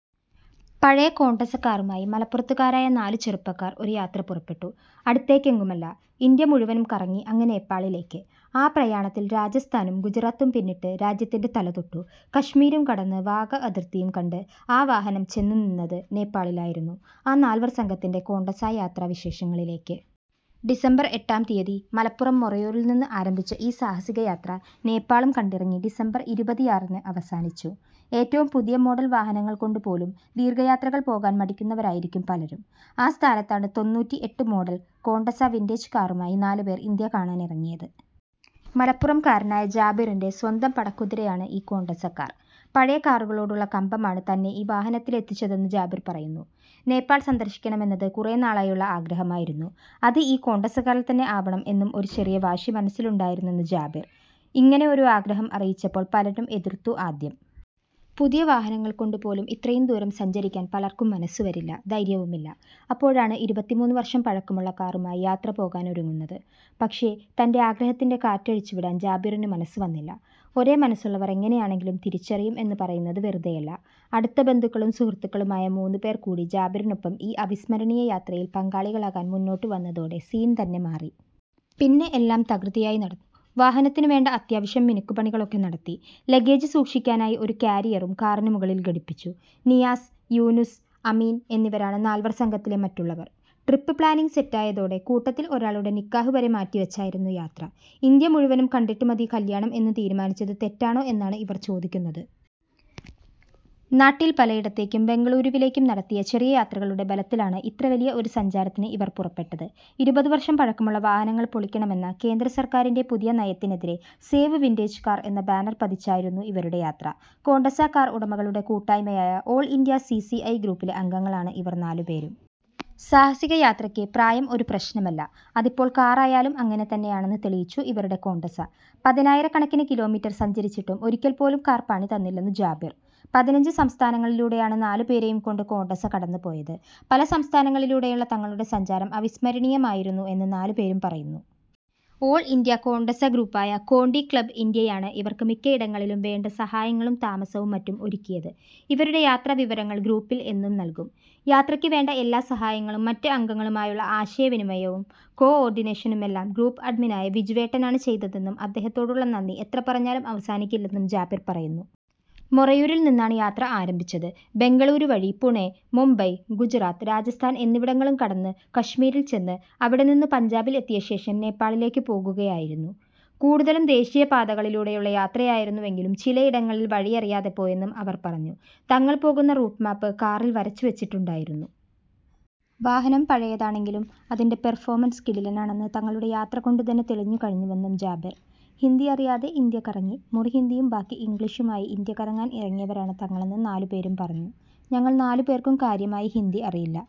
പഴയ കോണ്ടസ കാറുമായി മലപ്പുറത്തുകാരായ നാലു ചെറുപ്പക്കാർ ഒരു യാത്ര പുറപ്പെട്ടു. അടുത്തേക്കെങ്ങുമല്ല, ഇന്ത്യ മുഴുവനും കറങ്ങി അങ്ങ് നേപ്പാളിലേക്ക്. ആ പ്രയാണത്തിൽ രാജസ്ഥാനും ഗുജറാത്തും പിന്നിട്ട് രാജ്യത്തിന്‍റെ തലതൊട്ടു. കശ്മീരും കടന്ന് വാഗ അതിർത്തിയും കണ്ട് ആ വാഹനം ചെന്നുനിന്നത് നേപ്പാളിലായിരുന്നു. ആ നാൽവർ സംഘത്തിന്‍റെ കോണ്ടസാ യാത്രാവിശേഷങ്ങളിലേക്ക്. ഡിസംബർ എട്ടാം തീയതി മലപ്പുറം മൊറയൂരിൽനിന്ന് ആരംഭിച്ച ഈ സാഹസിക യാത്ര നേപ്പാളും കണ്ടിറങ്ങി ഡിസംബർ ഇരുപതിയാറിന് അവസാനിച്ചു. ഏറ്റവും പുതിയ മോഡൽ വാഹനങ്ങൾ കൊണ്ടുപോലും ദീർഘയാത്രകൾ പോകാൻ മടിക്കുന്നവരായിരിക്കും പലരും. ആ സ്ഥാനത്താണ് തൊന്നൂറ്റിഎട്ടു മോഡൽ കോണ്ടസ വിന്റേജ് കാറുമായി നാലുപേർ ഇന്ത്യ കാണാനിറങ്ങിയത്. മലപ്പുറംകാരനായ ജാബിറിന്റെ സ്വന്തം പടക്കുതിരയാണ് ഈ കോണ്ടസ കാർ. പഴയ കാറുകളോടുള്ള കമ്പമാണ് തന്നെ ഈ വാഹനത്തിൽ എത്തിച്ചതെന്ന് ജാബിർ പറയുന്നു. നേപ്പാൾ സന്ദർശിക്കണമെന്നത് കുറേനാളായുള്ള ആഗ്രഹമായിരുന്നു. അത് ഈ കോണ്ടസ കാറിൽത്തന്നെ ആവണം എന്നും ഒരു ചെറിയ വാശി മനസ്സിലുണ്ടായിരുന്നെന്ന് ജാബിർ. ഇങ്ങനെ ഒരു ആഗ്രഹം അറിയിച്ചപ്പോൾ പലരും എതിർത്തു ആദ്യം. പുതിയ വാഹനങ്ങൾ കൊണ്ടുപോലും ഇത്രയും ദൂരം സഞ്ചരിക്കാൻ പലർക്കും മനസ്സു വരില്ല, ധൈര്യവുമില്ല. അപ്പോഴാണ് ഇരുപത്തിമൂന്ന് വർഷം പഴക്കമുള്ള കാറുമായി യാത്ര പോകാനൊരുങ്ങുന്നത്. പക്ഷേ തന്‍റെ ആഗ്രഹത്തിന്‍റെ കാറ്റഴിച്ചുവിടാൻ ജാബിറിനു മനസ്സ് വന്നില്ല. ഒരേ മനസ്സുള്ളവർ എങ്ങനെയാണെങ്കിലും തിരിച്ചറിയും എന്നു പറയുന്നത് വെറുതെയല്ല. അടുത്ത ബന്ധുക്കളും സുഹൃത്തുക്കളുമായ മൂന്നു പേർ കൂടി ജാബിറിനൊപ്പം ഈ അവിസ്മരണീയ യാത്രയിൽ പങ്കാളികളാകാൻ മുന്നോട്ടു വന്നതോടെ സീൻ തന്നെ മാറി. പിന്നെ എല്ലാം തകൃതിയായി നടന്നു. വാഹനത്തിനു വേണ്ട അത്യാവശ്യം മിനുക്കുപണികളൊക്കെ നടത്തി. ലഗേജ് സൂക്ഷിക്കാനായി ഒരു കാരിയറും കാറിന് മുകളിൽ ഘടിപ്പിച്ചു. നിയാസ്, യൂനുസ്, അമീൻ എന്നിവരാണ് നാൽവർ സംഘത്തിലെ മറ്റുള്ളവർ. ട്രിപ്പ് പ്ലാനിങ് സെറ്റായതോടെ കൂട്ടത്തിൽ ഒരാളുടെ നിക്കാഹ് വരെ മാറ്റി വച്ചായിരുന്നു യാത്ര. ഇന്ത്യ മുഴുവനും കണ്ടിട്ടു മതി കല്യാണം എന്ന് തീരുമാനിച്ചത് തെറ്റാണോ എന്നാണ് ഇവർ ചോദിക്കുന്നത്. നാട്ടിൽ പലയിടത്തേക്കും ബെംഗളൂരുവിലേക്കും നടത്തിയ ചെറിയ യാത്രകളുടെ ബലത്തിലാണ് ഇത്ര വലിയ ഒരു സഞ്ചാരത്തിന് ഇവർ പുറപ്പെട്ടത്. ഇരുപത് വർഷം പഴക്കമുള്ള വാഹനങ്ങൾ പൊളിക്കണമെന്ന കേന്ദ്ര സർക്കാരിന്റെ പുതിയ നയത്തിനെതിരെ സേവ് വിന്റേജ് കാർ എന്ന ബാനർ പതിച്ചായിരുന്നു ഇവരുടെ യാത്ര. കോണ്ടസ കാർ ഉടമകളുടെ കൂട്ടായ്മയായ all India C C I ഗ്രൂപ്പിലെ അംഗങ്ങളാണ് ഇവർ നാലുപേരും. സാഹസിക യാത്രയ്ക്ക് പ്രായം ഒരു പ്രശ്നമല്ല. അതിപ്പോൾ കാറായാലും അങ്ങനെ തന്നെയാണെന്ന് തെളിയിച്ചു ഇവരുടെ കോണ്ടസ. പതിനായിരക്കണക്കിന് കിലോമീറ്റർ സഞ്ചരിച്ചിട്ടും ഒരിക്കൽ പോലും കാർ പണി തന്നില്ലെന്ന് ജാബിർ. പതിനഞ്ചു സംസ്ഥാനങ്ങളിലൂടെയാണ് നാലുപേരെയും കൊണ്ട് കോണ്ടസ കടന്നു പോയത്. പല സംസ്ഥാനങ്ങളിലൂടെയുള്ള തങ്ങളുടെ സഞ്ചാരം അവിസ്മരണീയമായിരുന്നു എന്ന് നാലുപേരും പറയുന്നു. ഓൾ ഇന്ത്യ കോണ്ടസ ഗ്രൂപ്പായ കോണ്ടി ക്ലബ് ഇന്ത്യയാണ് ഇവർക്ക് മിക്കയിടങ്ങളിലും വേണ്ട സഹായങ്ങളും താമസവും മറ്റും ഒരുക്കിയത്. ഇവരുടെ യാത്രാവിവരങ്ങൾ ഗ്രൂപ്പിൽ എന്നും നൽകും. യാത്രയ്ക്ക് വേണ്ട എല്ലാ സഹായങ്ങളും മറ്റ് അംഗങ്ങളുമായുള്ള ആശയവിനിമയവും കോഓർഡിനേഷനുമെല്ലാം ഗ്രൂപ്പ് അഡ്മിനായ വിജുവേട്ടനാണ് ചെയ്തതെന്നും അദ്ദേഹത്തോടുള്ള നന്ദി എത്ര പറഞ്ഞാലും അവസാനിക്കില്ലെന്നും ജാബിർ പറയുന്നു. മൊറയൂരിൽ നിന്നാണ് യാത്ര ആരംഭിച്ചത്. ബെംഗളൂരു വഴി പുണെ, മുംബൈ, ഗുജറാത്ത്, രാജസ്ഥാൻ എന്നിവിടങ്ങളും കടന്ന് കശ്മീരിൽ ചെന്ന് അവിടെനിന്നു പഞ്ചാബിൽ എത്തിയ ശേഷം നേപ്പാളിലേക്കു പോകുകയായിരുന്നു. കൂടുതലും ദേശീയ പാതകളിലൂടെയുള്ള യാത്രയായിരുന്നുവെങ്കിലും ചിലയിടങ്ങളിൽ വഴിയറിയാതെ പോയെന്നും അവർ പറഞ്ഞു. തങ്ങൾ പോകുന്ന റൂട്ട് മാപ്പ് കാറിൽ വരച്ചു വച്ചിട്ടുണ്ടായിരുന്നു. വാഹനം പഴയതാണെങ്കിലും അതിന്റെ പെർഫോമൻസ് കിടിലനാണെന്ന് തങ്ങളുടെ യാത്ര കൊണ്ടുതന്നെ തെളിഞ്ഞു കഴിഞ്ഞുവെന്നും ജാബിർ. ഹിന്ദി അറിയാതെ ഇന്ത്യ കറങ്ങി മുറി ഹിന്ദിയും ബാക്കി ഇംഗ്ലിഷുമായി ഇന്ത്യ കറങ്ങാൻ ഇറങ്ങിയവരാണ് തങ്ങളെന്ന് നാലുപേരും പറഞ്ഞു. '' ഞങ്ങൾ നാലു പേർക്കും കാര്യമായി ഹിന്ദി അറിയില്ല.